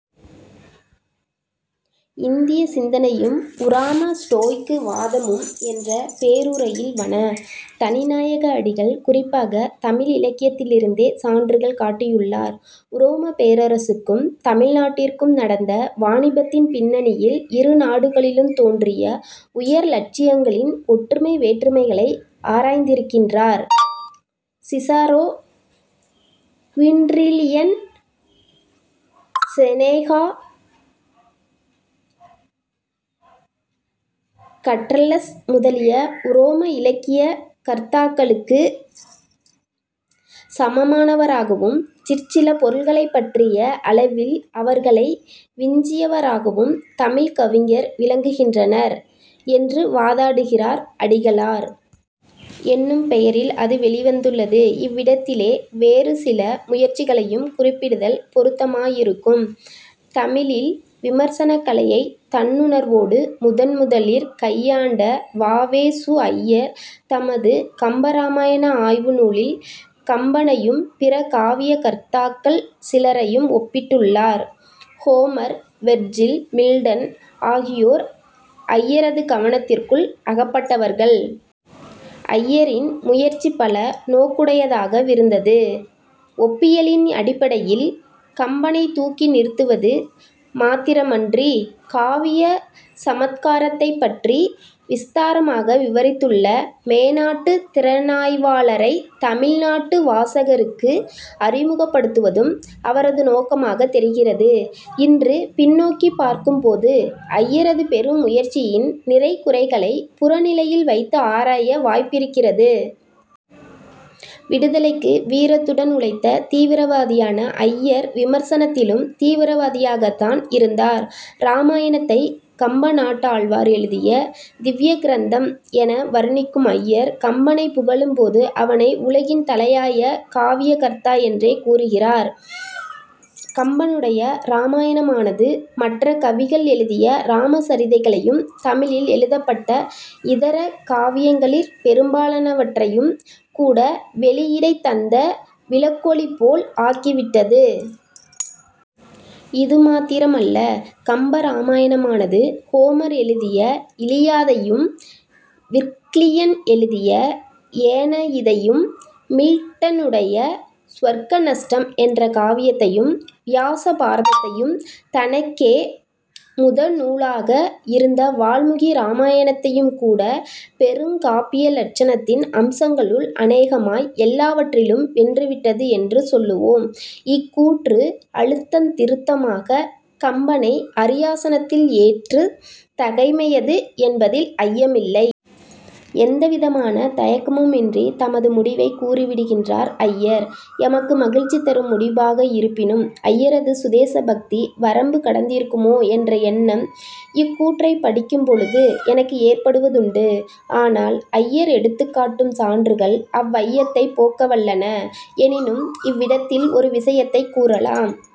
இந்திய சிந்தனையும் உராம ஸ்டோய்க்கு வாதமும் என்ற பேருரையில் வண. தனிநாயக அடிகள், குறிப்பாகத் தமிழிலக்கியத்திலிருந்தே சான்றுகள் காட்டியுள்ளார். உரோமப் பேரரசுக்கும் தமிழ் நாட்டிற்கும் நடந்த வாணிபத்தின் பின்னணியில் இரு நாடுகளிலுந் தோன்றிய உயர் இலட்சியங்களின் ஒற்றுமை வேற்றுமைகளை ஆராய்ந்திருக்கின்றார். சிஸரோ, குயின்றிலியன், செனெகா, கற்றலஸ் முதலிய உரோம இலக்கிய கர்த்தாக்களுக்குச் சமமானவராகவும், சிற்சில பொருள்களைப் பற்றிய அளவில் அவர்களை விஞ்சியவராகவும் தமிழ்க் கவிஞர் விளங்குகின்றனர் என்று வாதாடுகிறார் அடிகளார். என்னும் பெயாில் அது வௌிவந்துள்ளது. இவ்விடத்திலே வேறு சில முயற்சிகளையும் குறிப்பிடுதல் பொருத்தமாயிருக்கும். தமிழில் விமர்சனக் கலையைத் தன்னுணர்வோடு முதன் முதலிற் கையாண்ட வ. வே. சு. ஐயர் தமது கம்பராமாயண ஆய்வு நூலில், கம்பனையும் பிற காவிய கர்த்தாக்கள் சிலரையும் ஒப்பிட்டுள்ளார். ஹோமர், வெர்ஜில், மில்டன் ஆகியோர் ஐயரது கவனத்திற்குள் அகப்பட்டவர்கள். ஐயாின் முயற்சி பல நோக்குடையதாக விருந்தது. ஒப்பியலின் அடிப்படையில் கம்பனைத் தூக்கி நிறுத்துவது மாத்திரமன்றி, 'காவிய சமத்காரத்தைப் பற்றி விஸ்தாரமாக விவாித்துள்ள' மேனாட்டுத் திறனாய்வாளரைத் தமிழ் நாட்டு வாசகருக்கு அறிமுகப்படுத்துவதும். அவரது நோக்கமாகத் தொிகிறது. இன்று பின்னோக்கிப் பார்க்கும் போது, ஐயரது பெருமுயற்சியின் நிறைகுறைகளைப் புற நிலையில் வைத்து ஆராய வாய்ப்பிருக்கிறது. விடுதலைக்கு வீரத்துடன் உழைத்த தீவிரவாதியான ஐயர் விமர்சனத்திலும் தீவிரவாதியாகத் தான் இருந்தார். இராமாயணத்தை, "கம்பநாட்டாழ்வார் எழுதிய திவ்ய கிரந்தம்" என வருணிக்கும் ஐயர், கம்பனைப் புகழும் போது அவனை உலகின் தலையாய காவியகர்த்தா என்றே கூறுகிறார். "கம்பனுடைய ராமாயணமானது மற்ற கவிகள் எழுதிய ராம சாிதைகளையும் தமிழில் எழுதப்பட்ட இதர காவியங்களிற் பெரும்பாலான வற்றையும் கூட 'வெயிலிடைத் தந்த விளக்கொளிபோல் ஆக்கிவிட்டது. இது மாத்திரமல்ல. கம்ப ராமாயணமானது ஹோமர் எழுதிய இலியாதையும், விர்க்கிலியன் எழுதிய ஏனயிதையும், மில்டனுடைய சுவர்க்க நஷ்டம் என்ற காவியத்தையும், வியாஸ பாரதத்தையும் தனக்கே முதனூலாக இருந்த வால்மீகி ராமாயணத்தையும் கூட, பெருங்காப்பிய லட்சணத்தின் அம்சங்களுள் அனேகமாய் எல்லாவற்றிலும் வென்றுவிட்டது என்று சொல்லுவோம். " இக்கூற்று அழுத்தந் திருத்தமாகக் கம்பனை அாியாசனத்தில் ஏற்றுந் தகைமையது என்பதில் ஐயமில்லை. எந்தவிதமான தயக்கமுமின்றித் தமது முடிவைக் கூறி விடுகின்றார் ஐயர். எமக்கு மகிழ்ச்சிதரும் முடிபாக இருப்பினும், ஐயரது சுதேச பக்தி வரம்பு கடந்திருக்குமோ என்ற எண்ணம் இக்கூற்றைப் படிக்கும்பொழுது எனக்கு ஏற்படுவதுண்டு. ஆனால், ஐயர் எடுத்துக்காட்டும் சான்றுகள் அவ்வையத்தைப் போக்கவல்லன. எனினும், இவ்விடத்தில் ஒரு விஷயத்தைக் கூறலாம்.